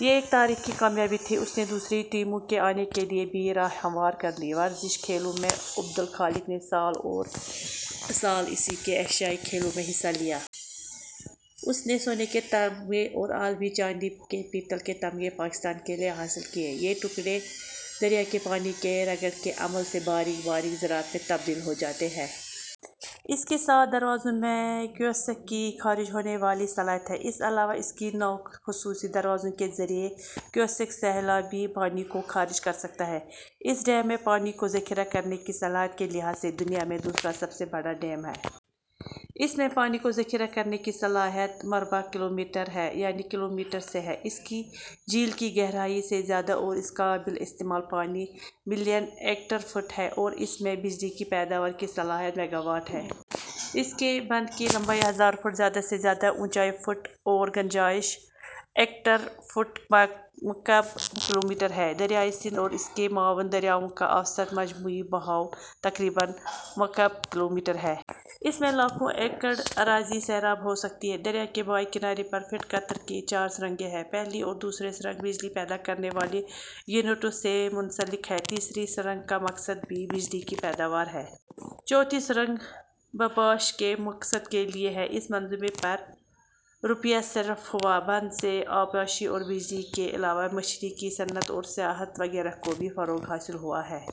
یہ ایک تاریخی کامیابی تھی۔ اس نے دوسری ٹیموں کے آنے کے لیے بھی راہ ہموار کر لی۔ ورزشی کھیلوں میں عبد الخالق نے سال ء اور سال ء کے ایشیائی کھیلوں میں حصہ لیا۔ اس نے سونے کے طمغے اور عالمی چاندی اور پیتل کے طمغے پاکستان کے لیے حاصل کیے۔ یہ ٹکرے دریا کے پانی کی رگڑ کے عمل سے باریک باریک زرات میں تبدیل ہوجاتے ہیں۔ اس کے سات دروازوں میں کیوسک کی خارج ہونے والی صلاحیت ہے۔ اس علاوہ اس کے نو خصوصی دروازوں کے ذریعہ کیوسک سیلابی پانی کو خارج کر سکتا ہے۔ اس ڈیم میں پانی کو ذخیرہ کرنے کی صلاحیت کے لحاظ سے دنیا میں دوسرا سب سے بڑا ڈیم ہے۔ اس میں پانی کو ذخیرہ کرنے کی صلاحیت;; مربع کلومیٹر ہے یعنی کلومیٹر سے ہے۔ اس کی جھیل کی گہرائی, سے زیادہ اور اس کا قابل استعمال پانی ملین ایکڑ فٹ ہے اور اس میں بجلی کی پیداوار کی صلاحیت میگاواٹ ہے۔ اس کے بند کی لمبائی ہزار فٹ، زیادہ سے زیادہ اونچائی فٹ اور گنجائش ایکڑ فٹ مکعب کلومیٹر ہے۔ دریائے سندھ اور اس کے معاون دریاءوں کا اوسط مجموعی بہاءو تقریباً مکعب کلومیٹر ہے۔ اس میں لاکھوں ایکڑ اراضی سیراب ہو سکتی ہے۔ دریا کے بائیں کنارے پر فٹ قطر کی چار سرنگیں ہیں۔ پہلی اور دوسری سرنگ بجلی پیدا کرنے والے یونٹوں سے منسلک ہے۔ تیسری سرنگ کا مقصد بھی بجلی کی پیداوار ہے۔ چوتھی سرنگ; ;بباشی کے مقصد کے لیے ہے۔ اس منصوبے پر; \; روپیہ صرف ہوا۔ بند سے آبپاشی اور بجلی کے علاوہ مچھلی کی صنعت اور سیاحت وغیرہ کو بھی فروغ حاصل ہوا ہے۔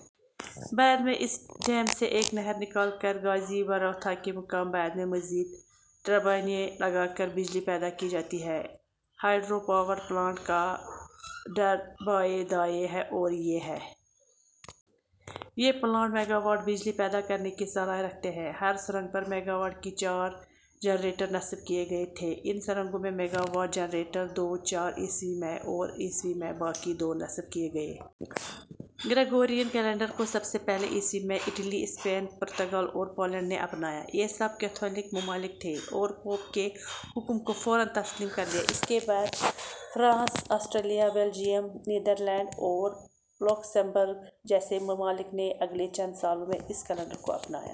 بعد میں اسی ڈیم سے ایک نہر نکال کر غازی بروتھا کے مقام بعد میں مزید ٹربائنیں لگا کر بجلی پیدا کی جاتی ہے۔ ہائیڈرو پاور پلانٹ کا ٹربائیں دائیں ہیں اور یہ ہیں۔ یہ پلانٹ ، میگاواٹ بجلی پیدا کرنے کی صلاحیت رکھتے ہیں۔ ہر سرنگ پر میگاواٹ کے چار جنریٹر نصب کیے گئے تھے۔ ان سرنگوں می میگاواٹ جنریٹرز دو، چار ء میں اور ء میں باقی دو نصب کیے گئے۔ گریگورین کیلنڈر کو سب سے پہلے ء میں اٹلی ، اسپین ، پرتگال اور پولینڈ نے اپنایا۔ یہ سب کیتھولک ممالک تھے اور پوپ کے حکم کو فوراً تسلیم کر لیا۔ اس کے بعد فرانس ، آسٹریا ، بیلجیم ، نیدرلینڈز اور لوکسمبرگ جیسے ممالک نے اگلے چند سالوں میں اس کیلنڈر کو اپنایا۔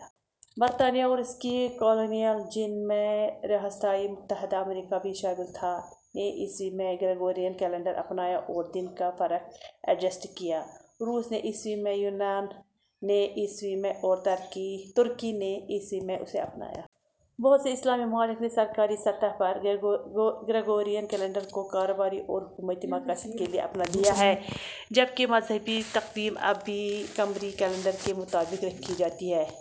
برطانیہ اور اس کی کالونیز، جن میں ریاستہائے متحدہ امریکہ بھی شامل تھا، نے ء میں گریگورین کیلنڈر اپنایا اور دن کا فرق ایڈجسٹ کیا۔ روس نے ء میں، یونان نے ء میں اور ترکی نے ء میں اسے اپنایا۔ بہت سے اسلامی ممالک نے سرکاری سطح پر گریگورین کیلنڈر کو کاروباری اور حکومتی مقاصد کے لیے اپنا لیا ہے، جبکہ مذہبی تقویم اب بھی قمری کیلنڈر کے مطابق رکھی جاتی ہے۔